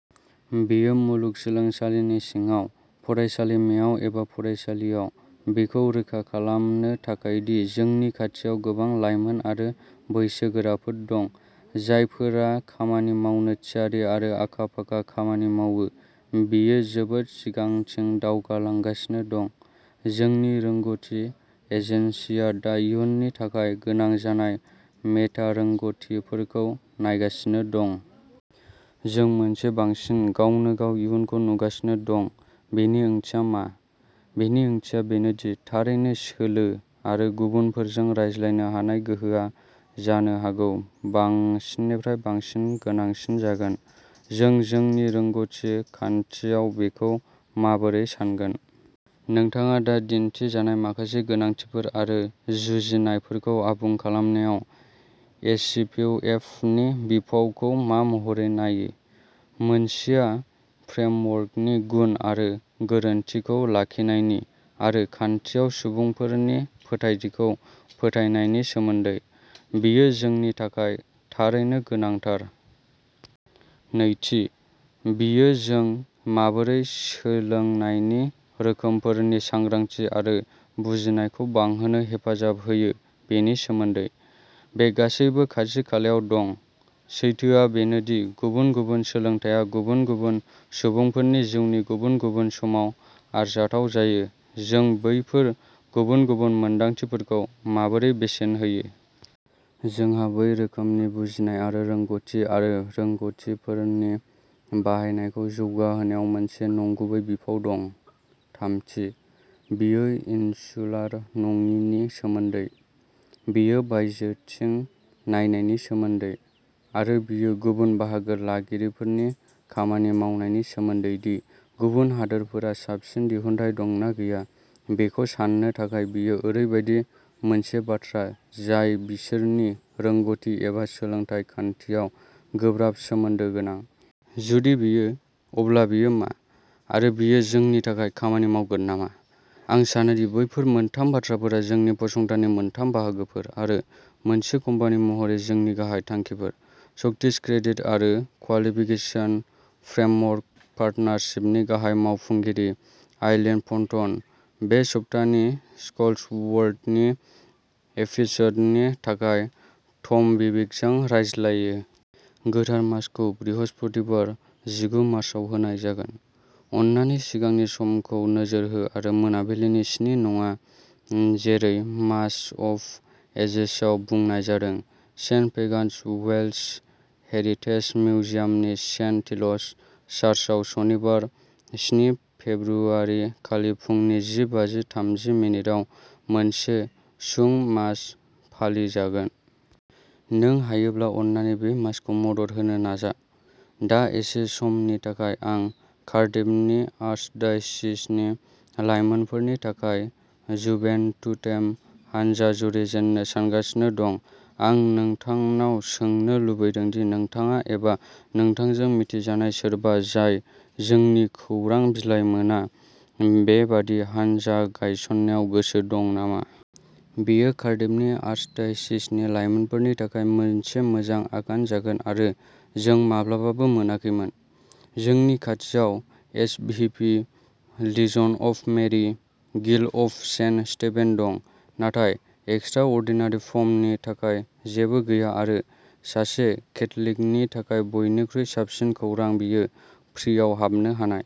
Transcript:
बेयो मुलुगसोलोंसालिनि सिङाव, फरायसालिमायाव एबा फरायसालियाव, बेखौ रोखा खालामनो थाखाय दि जोंनि खाथियाव गोबां लाइमोन आरो बैसोगोराफोर दं, जायफोरा खामानि मावनो थियारि आरो आखा-फाखा खामानि मावो, बेयो जोबोद सिगांथिं दावगालांगासिनो दं। जोंनि रोंग'थि एजेन्सिआ दा इयुननि थाखाय गोनां जानाय मेटा रोंग'थिफोरखौ नायगासिनो दं। जों मोनसे बांसिन गावनो-गाव इयुनखौ नुगासिनो दं, बेनि ओंथिया मा? बेनि ओंथिया बेनो दि थारैनो सोलो, आरो गुबुनफोरजों रायज्लायनो हानाय गोहोआ जानो हागौ बांसिननिफ्राय बांसिन गोनांसिन जागोन, जों जोंनि रोंग'थि खान्थियाव बेखौ माबोरै सानगोन? नोंथाङा दा दिन्थिजानाय माखासे गोनांथिफोर आरो जुजिनायफोरखौ आबुं खालामनायाव एस सि किउ एप नि बिफावखौ मा महरै नायो? मोनसेया फ्रेमवर्कनि गुन आरो गोरोनथिखौ लाखिनायनि, आरो खान्थियाव सुबुंफोरनि फोथायथिखौ फोथायनायनि सोमोन्दै। बेयो जोंनि थाखाय थारैनो गोनांथार। नैथि, बेयो जों माबोरै सोलोंनायनि रोखोमफोरनि सांग्रांथि आरो बुजिनायखौ बांहोनो हेफाजाब होयो बेनि सोमोन्दै। बे गासैबो खाथि-खालायाव दं। सैथोआ बेनो दि गुबुन-गुबुन सोलोंथाया गुबुन-गुबुन सुबुंफोरनि जिउनि गुबुन-गुबुन समाव आरजाथाव जायो। जों बैफोर गुबुन-गुबुन मोनदांथिफोरखौ माबोरै बेसेन होयो? जोंहा बै रोखोमनि बुजिनाय आरो रोंग'थि आरो रोंग'थिफोरनि बाहायनायखौ जौगाहोनायाव मोनसे नंगुबै बिफाव दं। थामथि, बेयो इनसुलार नङिनि सोमोन्दै, बेयो बायजोथिं नायनायनि सोमोन्दै, आरो बेयो गुबुन बाहागो लागिरिफोरजों खामानि मावनायनि सोमोन्दै दि गुबुन हादोरफोरहा साबसिन दिहुनथाइ दंना गैया बेखौ साननो थाखाय बेयो ओरैबायदि मोनसे बाथ्रा जाय बिसोरनि रोंग'थि एबा सोलोंथाय खान्थियाव गोब्राब सोमोन्दो गोनां? जुदि बेयो, अब्ला बेयो मा, आरो बेयो जोंनि थाखाय खामानि मावगोन नामा? आं सानो दि बैफोर मोनथाम बाथ्राफोरा जोंनि फसंथाननि मोनथाम बाहागोफोर, आरो मोनसे कम्पानि महरै जोंनि गाहाय थांखिफोर। स्कटिस क्रेडिट आरो क्वालिफिकेसन फ्रेमवर्क पार्टनारशिपनि गाहाय मावफुंगिरि, आइलीन पन्टन, बे सप्तानि स्किल्स वर्ल्डनि एपिस'डनि थाखाय टम बिविकजों रायज्लायो। गोथार मासखौ बृहस्पतिबार जिगु मार्चाव होनाय जागोन। अन्नानै सिगांनि समखौ नोजोर हो आरो मोनाबिलिनि स्नि नङा जेरै मास अफ एजेसआव बुंनाय जादों। सेन्ट फेगान्स वेल्श हेरिटेज मिउजियामनि सेन्ट टील'स चार्चआव सनिबार स्नि फेब्रुआरि खालि फुंनि जि बाजि थामजि मिनिट आव मोनसे सुं मास फालिजागोन। नों हायोब्ला अन्नानै बे मासखौ मदद होनो नाजा। दा एसे समनि थाखाय आं कार्डिफनि आर्चडायसिसनि लाइमोनफोरनि थाखाय जुभेन्टुटेम हानजा जुरिजेननो सानगासिनो दं। आं नोंथांनाव सोंनो लुबैदों दि नोंथाङा एबा नोंथांजों मिथिजानाय सोरबा जाय जोंनि खौरां बिलाइ मोना, बेबादि हानजा गायसननायाव गोसो दं नामा। बेयो कार्डिफनि आर्चडायसिसनि लाइमोनफोरनि थाखाय मोनसे मोजां आगान जागोन आरो जों माब्लाबाबो मोनाखैमोन। जोंनि खाथियाव SVP, लिजन of Mary, guild of Saint Stephen दं, नाथाय एक्सट्रा अर्डिनारि फ्रमनि थाखाय जेबो गैया आरो सासे केथलिकनि थाखाय बयनिख्रुइ साबसिन खौरां बेयो फ्रिआव हाबनो हानाय।